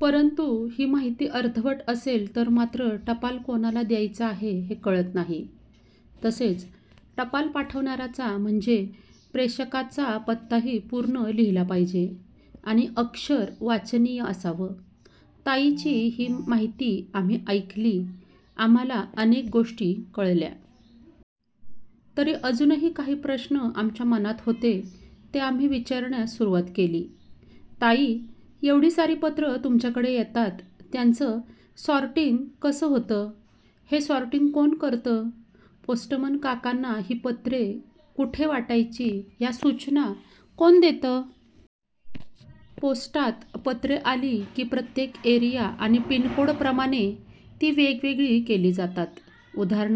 परंतु ही माहिती अर्धवट असेल तर मात्र टपाल कोणाला द्यायचं आहे, हे कळत नाही. तसेच टपाल पाठवणाऱ्याचा म्हणजे प्रेषकाचा पत्ताही पूर्ण लिहिला पाहिजे. आणि अक्षर वाचनीय असावं. ताईची ही माहिती आम्ही ऐकली. आम्हांला अनेक गोष्टी कळल्या. तरी अजूनही काही प्रश्न आमच्या मनात होते ते आम्ही विचारण्यास सुरुवात केली- ताई, एवढी सारी पत्र तुमच्याकडे येतात, त्यांचं सॉर्टींग कसं होतं? हे सॉर्टींग कोण करतं? पोस्टमन काकांना ही पत्र कुठे वाटायची, ह्या सूचना कोण देतं? -पोस्टात पत्रे आली की प्रत्येक एरिया आणि पिन कोड प्रमाणे ती वेगवेगळी केली जातात. उदा.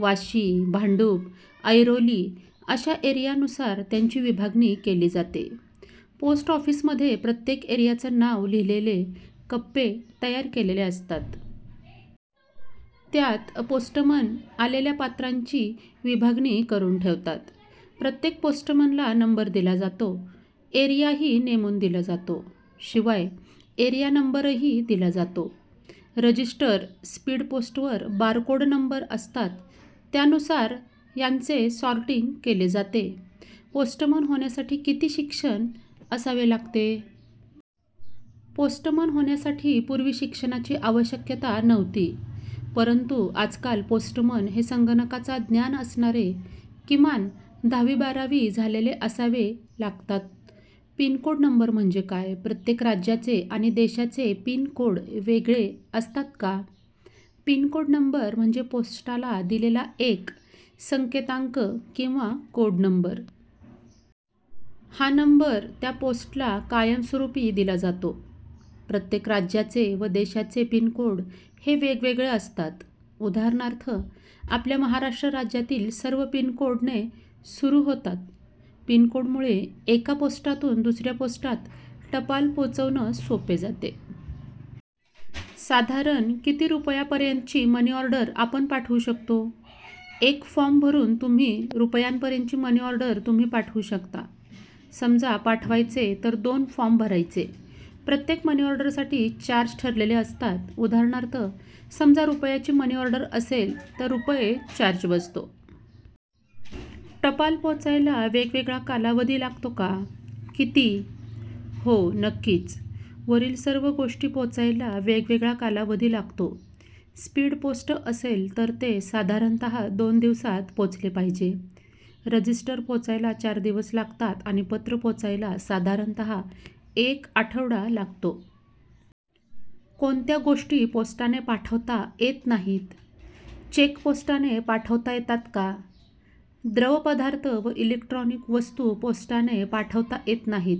वाशी, भांडूप, ऐरोली अशा एरियानुसार त्याची विभागणी केली जाते. पोस्ट ऑफिसमध्ये प्रत्येक एरियाचे नाव लिहलेले कप्पे तयार केलेले असतात. त्यात पोस्टमन आलेल्या पात्रांची विभागणी करुन ठेवतात. प्रत्येक पोस्टमनला नंबर दिला जातो. एरियाही नेमून दिला जातो. शिवाय एरिया नंबरही दिला जातो. रजिस्टर-स्पीड पोस्ट वर बारकोड नंबर असतात, त्यानुसार यांचे सॉर्टींग केले जाते. पोस्टमन होण्यासाठी किती शिक्षण असावे लागते? पोस्टमन होण्यासाठी पूर्वी शिक्षणाची आवश्यकता नव्हती. परंतु आजकाल पोस्टमन हे संगणकाचा ज्ञान असणारे, किमान दहावी-बारावी झालेले असावेच लागतात. पिन कोड नंबर म्हणजे काय? प्रत्येक राज्याचे आणि देशाचे पिन कोड वेगळे असतात का? पिनकोड नंबर म्हणजे पोस्टाला दिलेला एक संकेतांक किंवा कोड नंबर. हा नंबर त्या पोस्टला कायमस्वरूपी दिला जातो. प्रत्येक राज्याचे व देशाचे पिन कोड हे वेगवगळे असतात. उदा. आपल्या महाराष्ट्र राज्यातील सर्व पिन कोड ने सुरू होतात. पिनकोडमुळे एका पोस्टातून दुसऱ्या पोस्टात टपाल पोचवणे सोपे जाते. साधारणतः किती रुपयांपर्यतची मनीऑर्डर आपण पाठवू शकतो? एक फॉर्म भरून तुम्ही रुपयांपर्यंतची मनीऑर्डर तुम्ही पाठवू शकता. समजा पाठवायचे तर दोन फॉर्म भरायचे. प्रत्येक मनीऑर्डरसाठी चार्ज ठरलेले असतात. उदा. समजा रुपयाची मनीऑर्डर असेल तर रुपये चार्ज बसतो. टपाल पोचायला वेगवेगळा कालावधी लागतो का? किती? हो. नक्कीच. वरील सर्व गोष्टी पोचायला वेगवेगळा कालावधी लागतो. स्पीड पोस्ट असेल तर ते साधारणतः दोन दिवसात पोचले पाहिजे. रजिस्टर पोचायला चार दिवस लागतात आणि पत्र पोचायला साधारणतः एक आठवडा लागतो. कोणत्या गोष्टी पोस्टाने पाठवता येत नाहीत? चेक पोस्टाने पाठवता येतात का? द्रव पदार्थ व इलेक्ट्रॉनिक वस्तू पोस्टाने पाठवता येत नाहीत.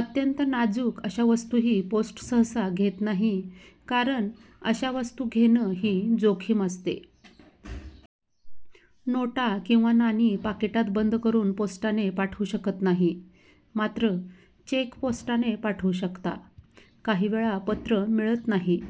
अत्यंत नाजूक अशा वस्तूही पोस्ट सहसा घेत नाहीत, कारण अशा वस्तू घेणं ही जोखीम असते. नोटा किंवा नाणी पाकिटात बंद करून पोस्टाने पाठवू शकत नाही. मात्र चेक पोस्टाने पाठवू शकता. काही वेळा पत्र मिळत नाही.